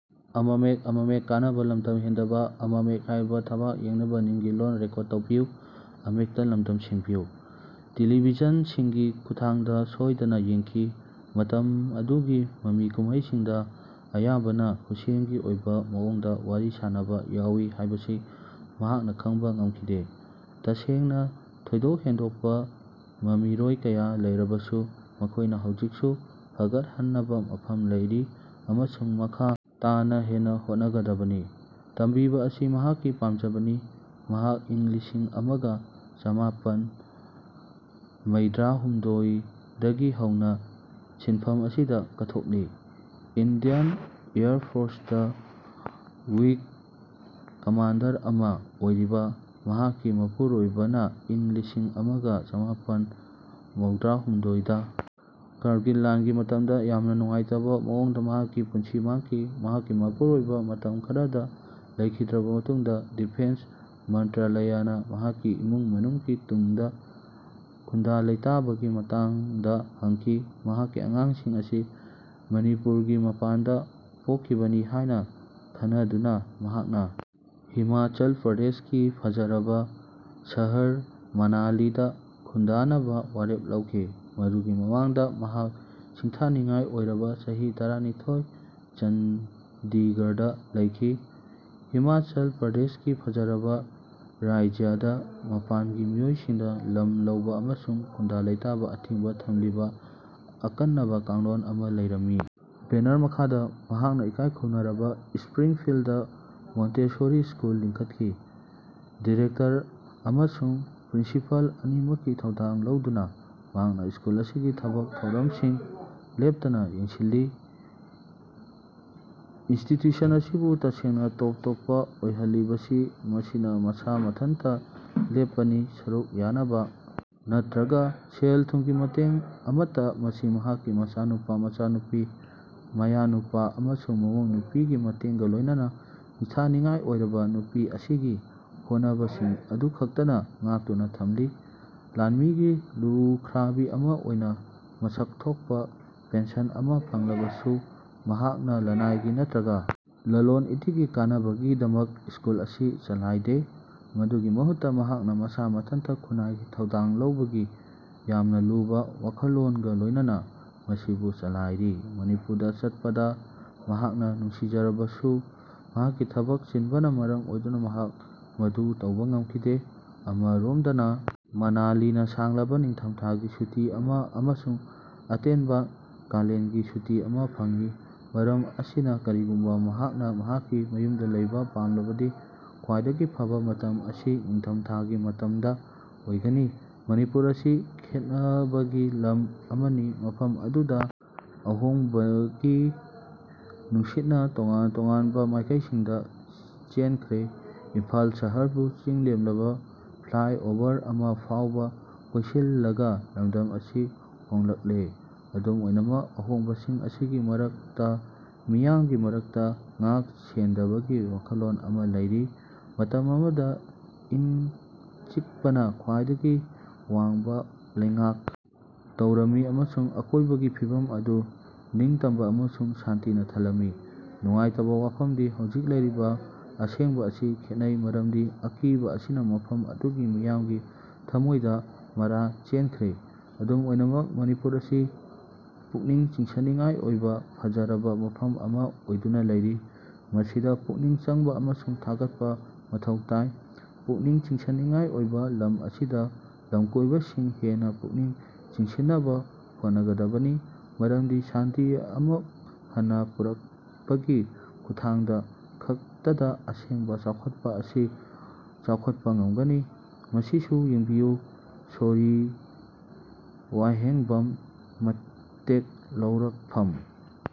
Television ꯁꯤꯡꯒꯤ ꯈꯨꯠꯊꯥꯡꯗ ꯁꯣꯏꯗꯅ ꯌꯦꯡꯈꯤ꯫ ꯃꯇꯝ ꯑꯗꯨꯒꯤ ꯃꯃꯤ ꯀꯨꯝꯍꯩꯁꯤꯡꯗ ꯑꯌꯥꯝꯕꯅ ꯈꯨꯠꯁꯦꯝꯒꯤ ꯑꯣꯏꯕ ꯃꯑꯣꯡꯗ ꯋꯥꯔꯤ ꯁꯥꯅꯕ ꯌꯥꯎꯋꯤ ꯍꯥꯏꯕꯁꯤ ꯃꯍꯥꯛꯅ ꯈꯪꯕ ꯉꯝꯈꯤꯗꯦ꯫ ꯇꯁꯦꯡꯅ ꯊꯣꯏꯗꯣꯛ ꯍꯦꯟꯗꯣꯛꯄ ꯃꯃꯤꯔꯣꯏ ꯀꯌꯥ ꯂꯩꯔꯕꯁꯨ, ꯃꯈꯣꯏꯅ ꯍꯧꯖꯤꯛꯁꯨ ꯐꯒꯠꯍꯟꯅꯕ ꯃꯐꯝ ꯂꯩꯔꯤ ꯑꯃꯁꯨꯡ ꯃꯈꯥ ꯇꯥꯅ ꯍꯦꯟꯅ ꯍꯣꯠꯅꯒꯗꯕꯅꯤ꯫ ꯇꯝꯕꯤꯕ ꯑꯁꯤ ꯃꯍꯥꯛꯀꯤ ꯄꯥꯝꯖꯕꯅꯤ꯫ ꯃꯍꯥꯛ ꯏꯪ ꯂꯤꯁꯤꯡ ꯑꯃꯒ ꯆꯃꯥꯄꯟ ꯃꯩꯗ꯭ꯔꯥꯍꯨꯝꯗꯣꯢ ꯗꯒꯤ ꯍꯧꯅ ꯁꯤꯟꯐꯝ ꯑꯁꯤꯗ ꯀꯠꯊꯣꯛꯂꯤ꯫ Indian air force wing commander ꯑꯃꯥ ꯑꯣꯏꯔꯤꯕ ꯃꯍꯥꯛꯀꯤ ꯃꯄꯨꯔꯣꯏꯕꯅ ꯏꯪ ꯂꯤꯁꯤꯡ ꯑꯃꯒ ꯆꯃꯥꯄꯟ ꯃꯩꯗ꯭ꯔꯥꯍꯨꯝꯗꯣꯢ ꯗ ꯀꯥꯔꯒꯤꯜ ꯂꯥꯟꯒꯤ ꯃꯇꯝꯗ ꯌꯥꯝꯅ ꯅꯨꯡꯉꯥꯏꯇꯕ ꯃꯑꯣꯡꯗ ꯃꯍꯥꯛꯀꯤ ꯄꯨꯟꯁꯤ ꯃꯥꯡꯈꯤ꯫ ꯃꯍꯥꯛꯀꯤ ꯃꯄꯨꯔꯣꯏꯕ ꯃꯇꯝ ꯈꯔꯗ ꯂꯩꯈꯤꯗ꯭ꯔꯕ ꯃꯇꯨꯡꯗ ꯗꯤꯐꯦꯟ꯭ꯁ ꯃꯟꯇ꯭ꯔꯥꯂꯌꯅ ꯃꯍꯥꯛꯀꯤ ꯏꯃꯨꯡ ꯃꯅꯨꯡꯒꯤ ꯇꯨꯡꯗ ꯈꯨꯟꯗꯥ-ꯂꯩꯇꯥꯕꯒꯤ ꯃꯇꯥꯡꯗ ꯍꯪꯈꯤ꯫ ꯃꯍꯥꯛꯀꯤ ꯑꯉꯥꯡꯁꯤꯡ ꯑꯁꯤ ꯃꯅꯤꯄꯨꯔꯒꯤ ꯃꯄꯥꯟꯗ ꯄꯣꯛꯈꯤꯕꯅꯤ ꯍꯥꯏꯅ ꯈꯟꯅꯗꯨꯅ, ꯃꯍꯥꯛꯅ ꯍꯤꯃꯥꯆꯜ ꯄ꯭ꯔꯗꯦꯁꯀꯤ ꯐꯖꯔꯕ ꯁꯍꯔ ꯃꯅꯥꯂꯤꯗ ꯈꯨꯟꯗꯥꯅꯕ ꯋꯥꯔꯦꯞ ꯂꯧꯈꯤ꯫ ꯃꯗꯨꯒꯤ ꯃꯃꯥꯡꯗ ꯃꯍꯥꯛ ꯁꯤꯡꯊꯥꯅꯤꯡꯉꯥꯏ ꯑꯣꯏꯔꯕ ꯆꯍꯤ ꯇꯔꯥꯅꯤꯊꯣꯢ ꯆꯟꯗꯤꯒꯔꯗ ꯂꯩꯈꯤ꯫ ꯍꯤꯃꯥꯆꯜ ꯄ꯭ꯔꯗꯦꯁꯀꯤ ꯐꯖꯔꯕ ꯔꯥꯢꯖ꯭ꯌꯗ ꯃꯄꯥꯟꯒꯤ ꯃꯤꯑꯣꯏꯁꯤꯡꯅ ꯂꯝ ꯂꯧꯕ ꯑꯃꯁꯨꯡ ꯈꯨꯟꯗꯥ-ꯂꯩꯇꯥꯕ ꯑꯊꯤꯡꯕ ꯊꯝꯂꯤꯕ ꯑꯀꯟꯅꯕ ꯀꯥꯡꯂꯣꯟ ꯑꯃ ꯂꯩꯔꯝꯃꯤ꯫ ꯕꯦꯅꯔ ꯃꯈꯥꯗ ꯃꯍꯥꯛꯅ ꯏꯀꯥꯏ ꯈꯨꯝꯅꯔꯕ 'ꯢꯁꯄ꯭ꯔꯤꯡꯐꯤꯜꯗ ꯃꯣꯟꯇꯦꯁꯣꯔꯤ ꯁ꯭ꯀꯨꯜ' ꯂꯤꯡꯈꯠꯈꯤ꯫ ꯗꯤꯔꯦꯛꯇꯔ ꯑꯃꯁꯨꯡ ꯄ꯭ꯔꯤꯟꯁꯤꯄꯜ ꯑꯅꯤꯃꯛꯀꯤ ꯊꯧꯗꯥꯡ ꯂꯧꯗꯨꯅ, ꯃꯍꯥꯛꯅ ꯁ꯭ꯀꯨꯜ ꯑꯁꯤꯒꯤ ꯊꯕꯛ ꯊꯧꯔꯝꯁꯤꯡ ꯂꯦꯞꯇꯅ ꯌꯦꯡꯁꯤꯜꯂꯤ꯫ ꯏꯟꯁꯇꯤꯇ꯭ꯌꯨꯁꯟ ꯑꯁꯤꯕꯨ ꯇꯁꯦꯡꯅ ꯇꯣꯞ-ꯇꯣꯞꯄ ꯑꯣꯏꯍꯜꯂꯤꯕꯁꯤ ꯃꯁꯤꯅ ꯃꯁꯥ ꯃꯊꯟꯇ ꯂꯦꯞꯄꯅꯤ, ꯁꯔꯨꯛ ꯌꯥꯅꯕ ꯅꯠꯇ꯭ꯔꯒ ꯁꯦꯜ-ꯊꯨꯝꯒꯤ ꯃꯇꯦꯡ ꯑꯃꯠꯇ ꯃꯁꯤ ꯃꯍꯥꯛꯀꯤ ꯃꯆꯥꯅꯨꯄꯥ, ꯃꯆꯥꯅꯨꯄꯤ, ꯃꯌꯥꯅꯨꯄꯥ ꯑꯃꯁꯨꯡ ꯃꯃꯧꯅꯨꯄꯤꯒꯤ ꯃꯇꯦꯡꯒ ꯂꯣꯏꯅꯅ ꯁꯤꯡꯊꯥꯅꯤꯡꯉꯥꯏ ꯑꯣꯏꯔꯕ ꯅꯨꯄꯤ ꯑꯁꯤꯒꯤ ꯍꯣꯠꯅꯕꯁꯤꯡ ꯑꯗꯨꯈꯛꯇꯅ ꯉꯥꯛꯇꯨꯅ ꯊꯝꯂꯤ꯫ ꯂꯥꯟꯃꯤꯒꯤ ꯂꯨꯈ꯭ꯔꯥꯕꯤ ꯑꯃ ꯑꯣꯏꯅ ꯃꯁꯛ ꯊꯣꯛꯄ ꯄꯦꯟꯁꯟ ꯑꯃ ꯐꯪꯂꯕꯁꯨ, ꯃꯍꯥꯛꯅ ꯂꯅꯥꯏꯒꯤ ꯅꯠꯇ꯭ꯔꯒ ꯂꯂꯣꯟ-ꯏꯇꯤꯛꯀꯤ ꯀꯥꯟꯅꯕꯒꯤꯗꯃꯛ ꯁ꯭ꯀꯨꯜ ꯑꯁꯤ ꯆꯂꯥꯏꯗꯦ꯫ ꯃꯗꯨꯒꯤ ꯃꯍꯨꯠꯇ ꯃꯍꯥꯛꯅ ꯃꯁꯥ ꯃꯊꯟꯇ ꯈꯨꯟꯅꯥꯏꯒꯤ ꯊꯧꯗꯥꯡ ꯂꯧꯕꯒꯤ ꯌꯥꯝꯅ ꯂꯨꯕ ꯋꯥꯈꯜꯂꯣꯟꯒ ꯂꯣꯏꯅꯅ ꯃꯁꯤꯕꯨ ꯆꯂꯥꯏꯔꯤ꯫ ꯃꯅꯤꯄꯨꯔꯗ ꯆꯠꯄꯗ ꯃꯍꯥꯛꯅ ꯅꯨꯡꯁꯤꯖꯔꯕꯁꯨ ꯃꯍꯥꯛꯀꯤ ꯊꯕꯛ ꯆꯤꯟꯕꯅ ꯃꯔꯝ ꯑꯣꯏꯗꯨꯅ ꯃꯍꯥꯛ ꯃꯗꯨ ꯇꯧꯕ ꯉꯝꯈꯤꯗꯦ꯫ ꯑꯃꯔꯣꯝꯗꯅ ꯃꯅꯥꯂꯤꯅ ꯁꯥꯡꯂꯕ ꯅꯤꯡꯊꯝꯊꯥꯒꯤ ꯁꯨꯇꯤ ꯑꯃ ꯑꯃꯁꯨꯡ ꯑꯇꯦꯟꯕ ꯀꯥꯂꯦꯟꯒꯤ ꯁꯨꯇꯤ ꯑꯃ ꯐꯪꯏ꯫ ꯃꯔꯝ ꯑꯁꯤꯅ ꯀꯔꯤꯒꯨꯝꯕ ꯃꯍꯥꯛꯅ ꯃꯍꯥꯛꯀꯤ ꯃꯌꯨꯝꯗ ꯂꯩꯕ ꯄꯥꯝꯂꯕꯗꯤ ꯈ꯭ꯋꯥꯏꯗꯒꯤ ꯐꯕ ꯃꯇꯝ ꯑꯁꯤ ꯅꯤꯡꯊꯝꯊꯥꯒꯤ ꯃꯇꯝꯗ ꯑꯣꯏꯒꯅꯤ꯫ ꯃꯅꯤꯄꯨꯔ ꯑꯁꯤ ꯈꯦꯠꯅꯕꯒꯤ ꯂꯝ ꯑꯃꯅꯤ ꯃꯐꯝ ꯑꯗꯨꯗ ꯑꯍꯣꯡꯕꯒꯤ ꯅꯨꯡꯁꯤꯠꯅ ꯇꯣꯉꯥꯟ ꯇꯣꯉꯥꯟꯕ ꯃꯥꯏꯀꯩꯁꯤꯡꯗ ꯆꯦꯟꯈ꯭ꯔꯦ꯫ ꯏꯝꯐꯥꯜ ꯁꯍꯔꯕꯨ ꯆꯤꯡꯂꯦꯝꯂꯕ ꯐ꯭ꯂꯥꯏꯑꯣꯕꯔ ꯑꯃ ꯐꯥꯎꯕ ꯀꯣꯏꯁꯤꯜꯂꯒ ꯂꯝꯗꯝ ꯑꯁꯤ ꯍꯣꯡꯂꯛꯂꯦ꯫ ꯑꯗꯨꯝ ꯑꯣꯏꯅꯃꯛ ꯑꯍꯣꯡꯕꯁꯤꯡ ꯑꯁꯤꯒꯤ ꯃꯔꯛꯇ ꯃꯤꯌꯥꯝꯒꯤ ꯃꯔꯛꯇ ꯉꯥꯛ-ꯁꯦꯟꯗꯕꯒꯤ ꯋꯥꯈꯜꯂꯣꯟ ꯑꯃ ꯂꯩꯔꯤ꯫ ꯃꯇꯝ ꯑꯃꯗ ꯏꯪ-ꯆꯤꯛꯄꯅ ꯈ꯭ꯋꯥꯏꯗꯒꯤ ꯋꯥꯡꯕ ꯂꯩꯉꯥꯛ ꯇꯧꯔꯝꯃꯤ ꯑꯃꯁꯨꯡ ꯑꯀꯣꯏꯕꯒꯤ ꯐꯤꯚꯝ ꯑꯗꯨ ꯅꯤꯡꯇꯝꯕ ꯑꯃꯁꯨꯡ ꯁꯥꯟꯇꯤꯅ ꯊꯜꯂꯝꯃꯤ꯫ ꯅꯨꯡꯉꯥꯏꯇꯕ ꯋꯥꯐꯝꯗꯤ ꯍꯧꯖꯤꯛ ꯂꯩꯔꯤꯕ ꯑꯁꯦꯡꯕ ꯑꯁꯤ ꯈꯦꯠꯅꯩ ꯃꯔꯝꯗꯤ ꯑꯀꯤꯕ ꯑꯁꯤꯅ ꯃꯐꯝ ꯑꯗꯨꯒꯤ ꯃꯤꯌꯥꯝꯒꯤ ꯊꯃꯣꯏꯗ ꯃꯔꯥ ꯆꯦꯟꯈ꯭ꯔꯦ꯫ ꯑꯗꯨꯝ ꯑꯣꯏꯅꯃꯛ ꯃꯅꯤꯄꯨꯔ ꯑꯁꯤ ꯄꯨꯛꯅꯤꯡ ꯆꯤꯡꯁꯤꯟꯅꯤꯡꯉꯥꯏ ꯑꯣꯏꯕ ꯐꯖꯔꯕ ꯃꯐꯝ ꯑꯃ ꯑꯣꯏꯗꯨꯅ ꯂꯩꯔꯤ꯫ ꯃꯁꯤꯗ ꯄꯨꯛꯅꯤꯡ ꯆꯪꯕ ꯑꯃꯁꯨꯡ ꯊꯥꯒꯠꯄ ꯃꯊꯧ ꯇꯥꯏ꯫ ꯄꯨꯛꯅꯤꯡ ꯆꯤꯡꯁꯤꯟꯅꯤꯡꯉꯥꯏ ꯑꯣꯏꯕ ꯂꯝ ꯑꯁꯤꯗ ꯂꯝꯀꯣꯏꯕꯁꯤꯡ ꯍꯦꯟꯅ ꯄꯨꯛꯅꯤꯡ ꯆꯤꯡꯁꯤꯟꯅꯕ ꯍꯣꯠꯅꯒꯗꯕꯅꯤ꯫ ꯃꯔꯝꯗꯤ ꯁꯥꯟꯇꯤ ꯑꯃꯨꯛ ꯍꯟꯅ ꯄꯨꯔꯛꯄꯒꯤ ꯈꯨꯠꯊꯥꯡꯗ ꯈꯛꯇꯗ ꯑꯁꯦꯡꯕ ꯆꯥꯎꯈꯠꯄ ꯑꯁꯤ ꯆꯥꯎꯈꯠꯄ ꯉꯝꯒꯅꯤ꯫ ꯃꯁꯤꯁꯨ ꯌꯦꯡꯕꯤꯌꯨ ꯁꯣꯔꯤ ꯋꯥꯍꯦꯡꯕꯝ, ꯃꯇꯦꯛ ꯂꯧꯔꯛꯐꯝ।